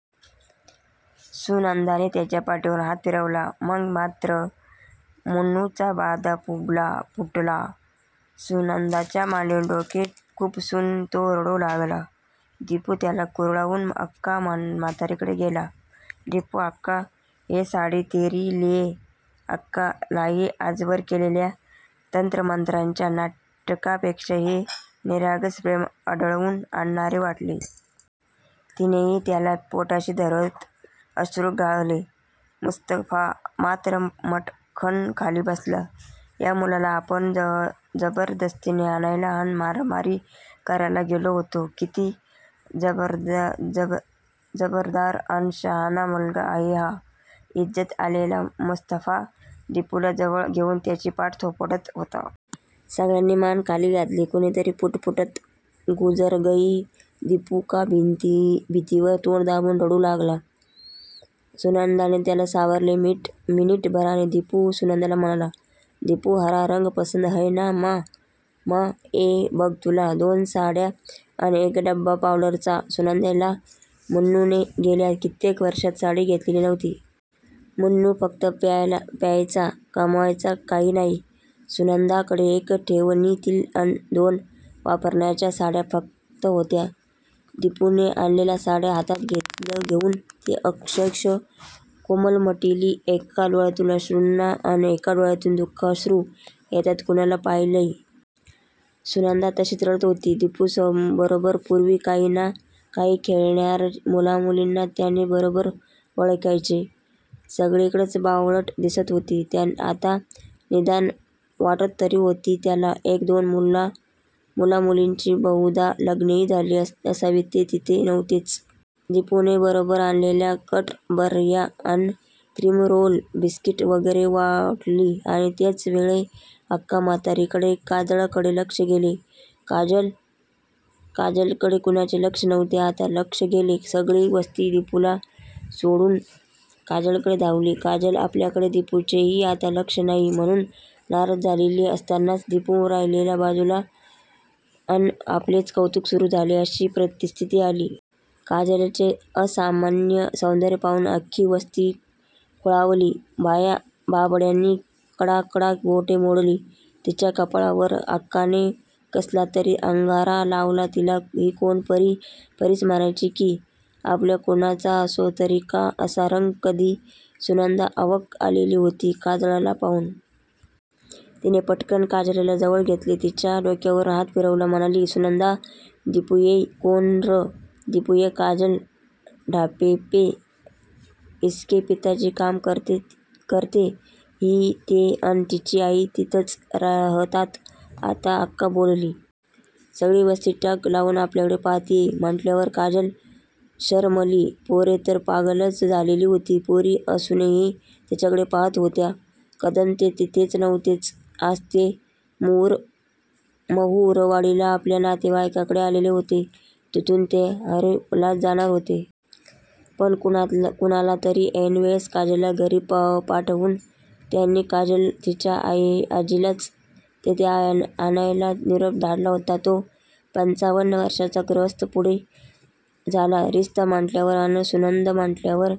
सुनंदाने त्याच्या पाठीवरून हात फिरवला. मग मात्र मन्नूचा बांध फुटला. सुनंदाच्या मांडीत डोके खुपसून तो रडू लागला. दिपू त्याला कुरवाळून आक्का म्हातारीकडे गेला. दिपू आक्का, ये साडी तेरे लिये आक्कालाही आजवर केलेल्या तंत्रमंत्राच्या नाटकापेक्षा हे निरागस प्रेम ढवळून आणणारे वाटले. तिनेही त्याला पोटाशी धरत अश्रू गाळले. मुस्तफा मात्र मटकन खाली बसला. या मुलाला आपण जबरदस्तीने आणायला अन मारामारी करायला गेलो होतो? किती जबाबदार अन शहाणा मुलगा आहे हा! लज्जीत झालेला मुस्तफा दिपूला जवळ घेऊन त्याची पाठ थोपटत होता. सगळ्यांनी मान खाली घातली. कुणीतरी पुटपुटलं! गुजरगयी! दिपू एका भिंतीवर तोंड दाबून रडू लागला. सुनंदाने त्याला सावरले. मिनिटभराने दिपू सुनंदाला म्हणाला. दिपू हरा रंग पसंद हय ना मा? हे बघ तुला दोन साड्या अन हा डबा पावडरचा सुनंदाला मन्नूने गेल्या कित्येक वर्षात साडी घेतलेली नव्हती. मन्नू फक्त प्यायचा. कमवायचा काही नाही. सुनंदाकडे एक ठेवणीतील अन दोन वापरण्याच्या साड्या फक्त होत्या. दिपूने आणलेल्या साड्या हातात घेऊन ती अक्षरशः कोलमडली. एका डोळ्यातून आनंदाश्रू अन एका डोळ्यातून दु:खाश्रू येताना कुणाला पाहिलयंत? सुनंदा तशीच रडत होती. दिपूबरोबर पुर्वी काही ना काही खेळणार्या मुलामुलींना त्याने बरोबर ओळखले. सगळीच बावळट दिसत होती आत्ता! निदान वाटत तरी होती त्याला. एक दोन मुला मुलींची बहुधा लग्नेही झाली असावीत. ते तिथे नव्हतेच! दिपूने बरोबर आणलेल्या कॅडबर्या अन क्रीमरोल, बिस्किट वगैरे वाटली. आणि त्यावेळेस आक्का म्हातारीचे काजलकडे लक्ष गेले. काजल! काजलकडे कुणाचे लक्षच नव्हते. आत्ता लक्ष गेले. सगळी वस्ती दिपूला सोडून काजलकडे धावली. काजल 'आपल्याकडे दिपूचेही आता लक्ष नाही' म्हणून नाराज झालेली असतानाच 'दिपू राहिला बाजूलाच अन आपलेच कौतूक सुरू झाले' अशी परिस्थिती आली. काजलचे असामान्य सौंदर्य पाहून अख्खी वस्ती खुळावली. बायाबापड्यांनी कडाकडा बोटे मोडली तिच्या कपाळावर! आक्काने कसलातरी अंगारा लावला तिला. ही कोण परी? परीच म्हणायची की? आपल्यात कुणाचा असतो तरी का असा रंग कधी? सुनंदा अवाक झालेली होती काजलला पाहून! तिने पटकन काजलला जवळ घेतले. तिच्या डोक्यावरुन हात फिरवत म्हणाली. सुनंदा दिपू ये कौन रं? दिपू ये काजल ढाबेपे इसके पिताजी काम करते. ही, ते अन हिची आई थितंच रयतात. आता आक्का बोलली. सगळी वस्ती टक लावून आपल्याकडे पाहतीय म्हंटल्यावर काजल शरमली. पोरे तर पागलच झालेली होती. पोरी असूयेने तिच्याकडे पाहात होत्या. कदम हे तिथले नव्हतेच. आज ते महुरवाडीला आपल्या नातेवाईकांकडे आलेले होते. इथून ते टहेर्याला जाणार होते. पण कुणालातरी ऐनवेळेस काजलच्या घरी पाठवून त्यांनी काजल अन तिच्या आजीलाच इथे आणायचा निरोप धाडला होता. तो पंचावन्न वर्षांचा गृहस्थ पुढे झाला. रिश्ता म्हंटल्यावर अन सुंदर म्हंटल्यावर